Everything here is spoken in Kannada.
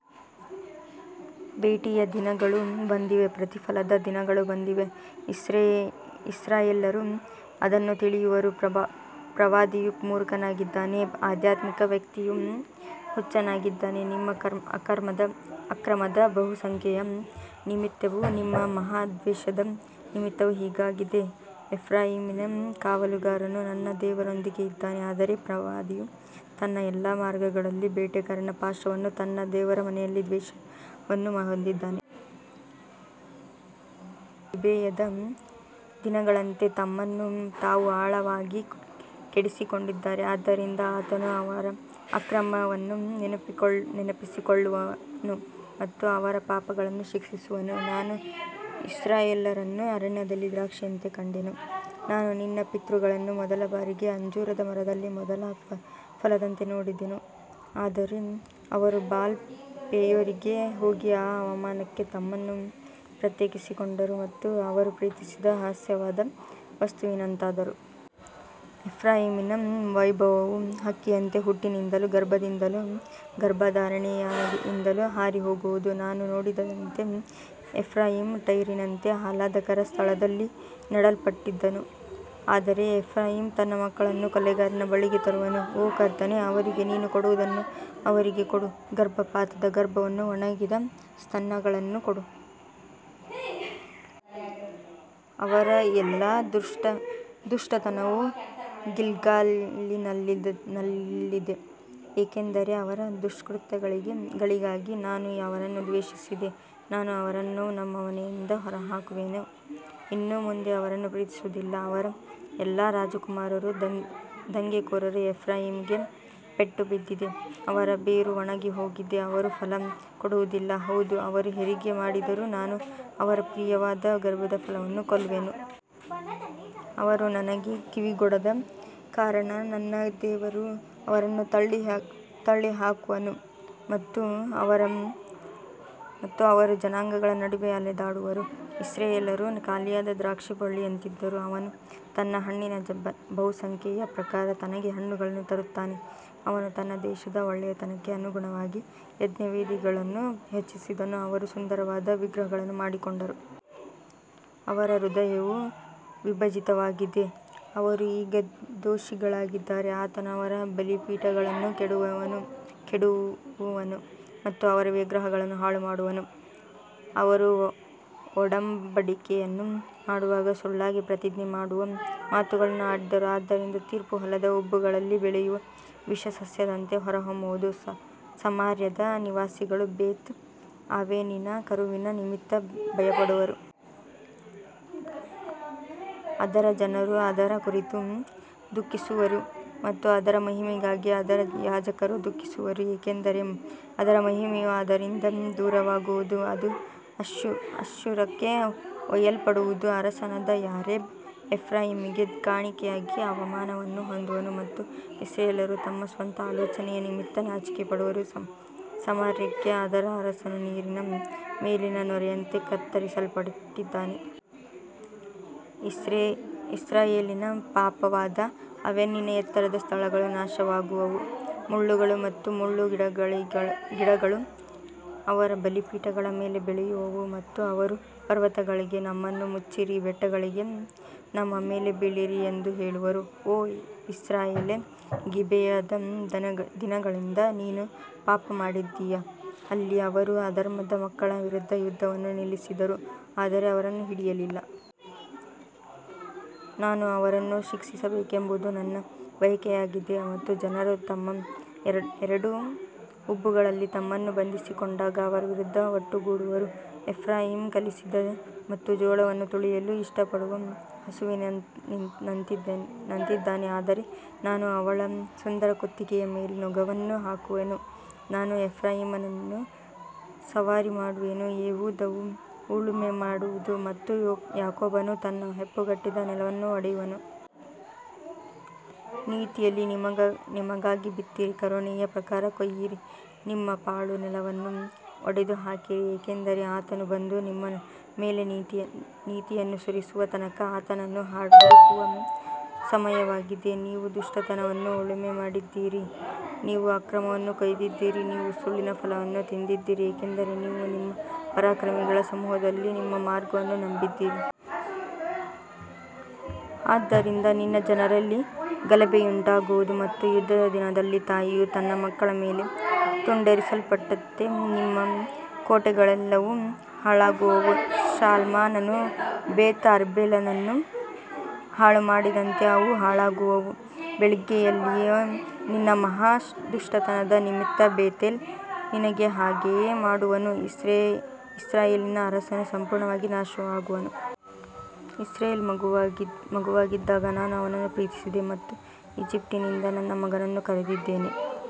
ಭೇಟಿಯ ದಿನಗಳು ಬಂದಿವೆ, ಪ್ರತಿಫಲದ ದಿನಗಳು ಬಂದಿವೆ, ಇಸ್ರಾಯೇಲ್ಯರು ಅದನ್ನು ತಿಳಿಯುವರು. ಪ್ರವಾದಿಯು ಮೂರ್ಖನಾಗಿದ್ದಾನೆ, ಆಧ್ಯಾತ್ಮಿಕ ವ್ಯಕ್ತಿಯು ಹುಚ್ಚನಾಗಿದ್ದಾನೆ, ನಿಮ್ಮ ಅಕ್ರಮದ ಬಹುಸಂಖ್ಯೆಯ ನಿಮಿತ್ತವೂ ನಿಮ್ಮ ಮಹಾದ್ವೇಷದ ನಿಮಿತ್ತವೂ ಹೀಗಾಗಿದೆ. ಎಫ್ರಾಯೀಮಿನ ಕಾವಲುಗಾರನು ನನ್ನ ದೇವರೊಂದಿಗೆ ಇದ್ದಾನೆ, ಆದರೆ ಪ್ರವಾದಿಯು ತನ್ನ ಎಲ್ಲಾ ಮಾರ್ಗಗಳಲ್ಲಿ ಬೇಟೆಗಾರನ ಪಾಶವನ್ನೂ ತನ್ನ ದೇವರ ಮನೆಯಲ್ಲಿ ದ್ವೇಷವನ್ನೂ ಹೊಂದಿದ್ದಾನೆ. ಅವರು ಗಿಬೆಯದ ದಿನಗಳಂತೆ ತಮ್ಮನ್ನು ತಾವು ಆಳವಾಗಿ ಕೆಡಿಸಿಕೊಂಡಿದ್ದಾರೆ, ಆದ್ದರಿಂದ ಆತನು ಅವರ ಅಕ್ರಮವನ್ನು ನೆನಪಿಸಿಕೊಳ್ಳುವನು ಮತ್ತು ಅವರ ಪಾಪಗಳನ್ನು ಶಿಕ್ಷಿಸುವನು. ನಾನು ಇಸ್ರಾಯೇಲ್ಯರನ್ನು ಅರಣ್ಯದಲ್ಲಿ ದ್ರಾಕ್ಷಿಯಂತೆ ಕಂಡೆನು, ನಾನು ನಿನ್ನ ಪಿತೃಗಳನ್ನು ಮೊದಲ ಬಾರಿಗೆ ಅಂಜೂರದ ಮರದಲ್ಲಿ ಮೊದಲ ಫಲದಂತೆ ನೋಡಿದೆನು, ಆದರೆ ಅವರು ಬಾಲ್ ಪೆಯೋರಿಗೆ ಹೋಗಿ ಆ ಅವಮಾನಕ್ಕೆ ತಮ್ಮನ್ನು ಪ್ರತ್ಯೇಕಿಸಿಕೊಂಡರು ಮತ್ತು ಅವರು ಪ್ರೀತಿಸಿದ ಅಸಹ್ಯವಾದ ವಸ್ತುವಿನಂತಾದರು. ಎಫ್ರಾಯೀಮಿನ ವೈಭವವು ಹಕ್ಕಿಯಂತೆ ಹುಟ್ಟಿನಿಂದಲೂ ಗರ್ಭದಿಂದಲೂ ಗರ್ಭಧಾರಣೆಯಿಂದಲೂ ಹಾರಿಹೋಗುವುದು. ನಾನು ನೋಡಿದಂತೆ ಎಫ್ರಾಯೀಮ್ ಟೈರಿನಂತೆ ಆಹ್ಲಾದಕರ ಸ್ಥಳದಲ್ಲಿ ನೆಡಲ್ಪಟ್ಟಿದ್ದನು, ಆದರೆ ಎಫ್ರಾಯೀಮ್ ತನ್ನ ಮಕ್ಕಳನ್ನು ಕೊಲೆಗಾರನ ಬಳಿಗೆ ತರುವನು. ಓ ಕರ್ತನೇ, ಅವರಿಗೆ ನೀನು ಕೊಡುವುದನ್ನು ಅವರಿಗೆ ಕೊಡು, ಗರ್ಭಪಾತದ ಗರ್ಭವನ್ನೂ ಒಣಗಿದ ಸ್ತನಗಳನ್ನೂ ಕೊಡು. ಅವರ ಎಲ್ಲಾ ದುಷ್ಟತನವು ಗಿಲ್ಗಾಲಿನಲ್ಲಿದೆ, ಏಕೆಂದರೆ ಅವರ ದುಷ್ಕೃತ್ಯಗಳಿಗಾಗಿ ನಾನು ಅವರನ್ನು ದ್ವೇಷಿಸಿದೆ. ನಾನು ಅವರನ್ನು ನನ್ನ ಮನೆಯಿಂದ ಹೊರಹಾಕುವೆನು, ಇನ್ನು ಮುಂದೆ ಅವರನ್ನು ಪ್ರೀತಿಸುವುದಿಲ್ಲ. ಅವರ ಎಲ್ಲಾ ರಾಜಕುಮಾರರು ದಂಗೆಕೋರರು. ಎಫ್ರಾಯೀಮಿಗೆ ಪೆಟ್ಟು ಬಿದ್ದಿದೆ, ಅವರ ಬೇರು ಒಣಗಿಹೋಗಿದೆ, ಅವರು ಫಲ ಕೊಡುವುದಿಲ್ಲ. ಹೌದು, ಅವರು ಹೆರಿಗೆ ಮಾಡಿದರೂ ನಾನು ಅವರ ಪ್ರಿಯವಾದ ಗರ್ಭದ ಫಲವನ್ನೂ ಕೊಲ್ಲುವೆನು. ಅವರು ನನಗೆ ಕಿವಿಗೊಡದ ಕಾರಣ ನನ್ನ ದೇವರು ಅವರನ್ನು ತಳ್ಳಿಹಾಕುವನು ಮತ್ತು ಅವರು ಜನಾಂಗಗಳ ನಡುವೆ ಅಲೆದಾಡುವರು. ಇಸ್ರಾಯೇಲ್ಯರು ಖಾಲಿಯಾದ ದ್ರಾಕ್ಷಿಬಳ್ಳಿಯಂತಿದ್ದಾರೆ, ಅವನು ತನ್ನ ಹಣ್ಣಿನ ಬಹುಸಂಖ್ಯೆಯ ಪ್ರಕಾರ ತನಗೆ ಹಣ್ಣುಗಳನ್ನು ತರುತ್ತಾನೆ. ಅವನು ತನ್ನ ದೇಶದ ಒಳ್ಳೆಯತನಕ್ಕೆ ಅನುಗುಣವಾಗಿ ಯಜ್ಞವೇದಿಗಳನ್ನು ಹೆಚ್ಚಿಸಿದನು, ಅವರು ಸುಂದರವಾದ ವಿಗ್ರಹಗಳನ್ನು ಮಾಡಿಕೊಂಡರು. ಅವರ ಹೃದಯವು ವಿಭಜಿತವಾಗಿದೆ, ಅವರು ಈಗ ದೋಷಿಗಳಾಗಿದ್ದಾರೆ. ಆತನು ಅವರ ಬಲಿಪೀಠಗಳನ್ನು ಕೆಡವುವನು ಮತ್ತು ಅವರ ವಿಗ್ರಹಗಳನ್ನು ಹಾಳುಮಾಡುವನು. ಅವರು ಒಡಂಬಡಿಕೆಯನ್ನು ಮಾಡುವಾಗ ಸುಳ್ಳಾಗಿ ಪ್ರತಿಜ್ಞೆ ಮಾಡುವ ಮಾತುಗಳನ್ನು ಆಡಿದರು, ಆದ್ದರಿಂದ ತೀರ್ಪು ಹೊಲದ ಉಬ್ಬುಗಳಲ್ಲಿ ಬೆಳೆಯುವ ವಿಷಸಸ್ಯದಂತೆ ಹೊರಹೊಮ್ಮುವುದು. ಸಮಾರ್ಯದ ನಿವಾಸಿಗಳು ಬೇತ್ ಆವೆನಿನ ಕರುವಿನ ನಿಮಿತ್ತ ಭಯಪಡುವರು. ಅದರ ಜನರು ಅದರ ಕುರಿತು ದುಃಖಿಸುವರು ಮತ್ತು ಅದರ ಮಹಿಮೆಗಾಗಿ ಅದರ ಯಾಜಕರು ದುಃಖಿಸುವರು, ಏಕೆಂದರೆ ಅದರ ಮಹಿಮೆಯು ಅದರಿಂದ ದೂರವಾಗುವುದು. ಅದು ಅಶ್ಶೂರಕ್ಕೆ ಒಯ್ಯಲ್ಪಡುವುದು, ಅರಸನಾದ ಯಾರೆಬ್ ಎಫ್ರಾಯೀಮಿಗೆ ಕಾಣಿಕೆಯಾಗಿ ಅವಮಾನವನ್ನು ಹೊಂದುವನು ಮತ್ತು ಇಸ್ರಾಯೇಲ್ಯರು ತಮ್ಮ ಸ್ವಂತ ಆಲೋಚನೆಯ ನಿಮಿತ್ತ ನಾಚಿಕೆಪಡುವರು. ಸಮಾರ್ಯಕ್ಕೆ ಅದರ ಅರಸನು ನೀರಿನ ಮೇಲಿನ ನೊರೆಯಂತೆ ಕತ್ತರಿಸಲ್ಪಟ್ಟಿದ್ದಾನೆ. ಇಸ್ರಾಯೇಲಿನ ಪಾಪವಾದ ಅವೆನ್ನಿನ ಎತ್ತರದ ಸ್ಥಳಗಳು ನಾಶವಾಗುವವು, ಮುಳ್ಳುಗಳು ಮತ್ತು ಮುಳ್ಳುಗಿಡಗಳು ಅವರ ಬಲಿಪೀಠಗಳ ಮೇಲೆ ಬೆಳೆಯುವವು ಮತ್ತು ಅವರು ಪರ್ವತಗಳಿಗೆ, ನಮ್ಮನ್ನು ಮುಚ್ಚಿರಿ, ಬೆಟ್ಟಗಳಿಗೆ, ನಮ್ಮ ಮೇಲೆ ಬೀಳಿರಿ ಎಂದು ಹೇಳುವರು. ಓ ಇಸ್ರಾಯೇಲೇ, ಗಿಬೆಯದ ದಿನಗಳಿಂದ ನೀನು ಪಾಪಮಾಡಿದ್ದೀಯ. ಅಲ್ಲಿ ಅವರು ಅಧರ್ಮದ ಮಕ್ಕಳ ವಿರುದ್ಧ ಯುದ್ಧವನ್ನು ನಿಲ್ಲಿಸಿದರು, ಆದರೆ ಅವರನ್ನು ಹಿಡಿಯಲಿಲ್ಲ. ನಾನು ಅವರನ್ನು ಶಿಕ್ಷಿಸಬೇಕೆಂಬುದು ನನ್ನ ಬಯಕೆಯಾಗಿದೆ ಮತ್ತು ಜನರು ತಮ್ಮ ಎರಡು ಉಬ್ಬುಗಳಲ್ಲಿ ತಮ್ಮನ್ನು ಬಂಧಿಸಿಕೊಂಡಾಗ ಅವರ ವಿರುದ್ಧ ಒಟ್ಟುಗೂಡುವರು. ಎಫ್ರಾಯೀಮ್ ಕಲಿಸಿದ ಮತ್ತು ಜೋಳವನ್ನು ತುಳಿಯಲು ಇಷ್ಟಪಡುವ ಹಸುವಿನಂತಿದ್ದಾನೆ, ಆದರೆ ನಾನು ಅವಳ ಸುಂದರ ಕುತ್ತಿಗೆಯ ಮೇಲೆ ನೊಗವನ್ನು ಹಾಕುವೆನು. ನಾನು ಎಫ್ರಾಯೀಮನ್ನು ಸವಾರಿ ಮಾಡುವೆನು, ಯೆಹೂದವು ಉಳುಮೆ ಮಾಡುವುದು ಮತ್ತು ಯಾಕೋಬನು ತನ್ನ ಹೆಪ್ಪುಗಟ್ಟಿದ ನೆಲವನ್ನು ಒಡೆಯುವನು. ನೀತಿಯಲ್ಲಿ ನಿಮಗಾಗಿ ಬಿತ್ತಿರಿ, ಕರುಣೆಯ ಪ್ರಕಾರ ಕೊಯ್ಯಿರಿ, ನಿಮ್ಮ ಪಾಳು ನೆಲವನ್ನು ಒಡೆದುಹಾಕಿರಿ, ಏಕೆಂದರೆ ಆತನು ಬಂದು ನಿಮ್ಮ ಮೇಲೆ ನೀತಿಯನ್ನು ಸುರಿಸುವ ತನಕ ಆತನನ್ನು ಹುಡುಕುವ ಸಮಯವಾಗಿದೆ. ನೀವು ದುಷ್ಟತನವನ್ನು ಉಳುಮೆ ಮಾಡಿದ್ದೀರಿ, ನೀವು ಅಕ್ರಮವನ್ನು ಕೊಯ್ದಿದ್ದೀರಿ, ನೀವು ಸುಳ್ಳಿನ ಫಲವನ್ನು ತಿಂದಿದ್ದೀರಿ, ಏಕೆಂದರೆ ನೀವು ನಿಮ್ಮ ಪರಾಕ್ರಮಿಗಳ ಸಮೂಹದಲ್ಲಿ ನಿಮ್ಮ ಮಾರ್ಗವನ್ನು ನಂಬಿದ್ದೀರಿ. ಆದ್ದರಿಂದ ನಿನ್ನ ಜನರಲ್ಲಿ ಗಲಭೆಯುಂಟಾಗುವುದು ಮತ್ತು ಯುದ್ಧದ ದಿನದಲ್ಲಿ ತಾಯಿಯು ತನ್ನ ಮಕ್ಕಳ ಮೇಲೆ ತುಂಡರಿಸಲ್ಪಟ್ಟಂತೆ ನಿಮ್ಮ ಕೋಟೆಗಳೆಲ್ಲವೂ ಹಾಳಾಗುವವು. ಶಾಲ್ಮಾನನು ಬೇತ್ ಅರ್ಬೇಲನ್ನು ಹಾಳುಮಾಡಿದಂತೆ ಅವು ಹಾಳಾಗುವವು. ಬೆಳಿಗ್ಗೆಯಲ್ಲಿಯೇ ನಿನ್ನ ಮಹಾ ದುಷ್ಟತನದ ನಿಮಿತ್ತ ಬೇತೇಲ್ ನಿನಗೆ ಹಾಗೆಯೇ ಮಾಡುವನು. ಇಸ್ರಾಯೇಲಿನ ಅರಸನು ಸಂಪೂರ್ಣವಾಗಿ ನಾಶವಾಗುವನು. ಇಸ್ರಾಯೇಲ್ ಮಗುವಾಗಿದ್ದಾಗ ನಾನು ಅವನನ್ನು ಪ್ರೀತಿಸಿದೆ ಮತ್ತು ಈಜಿಪ್ಟಿನಿಂದ ನನ್ನ ಮಗನನ್ನು ಕರೆದಿದ್ದೇನೆ.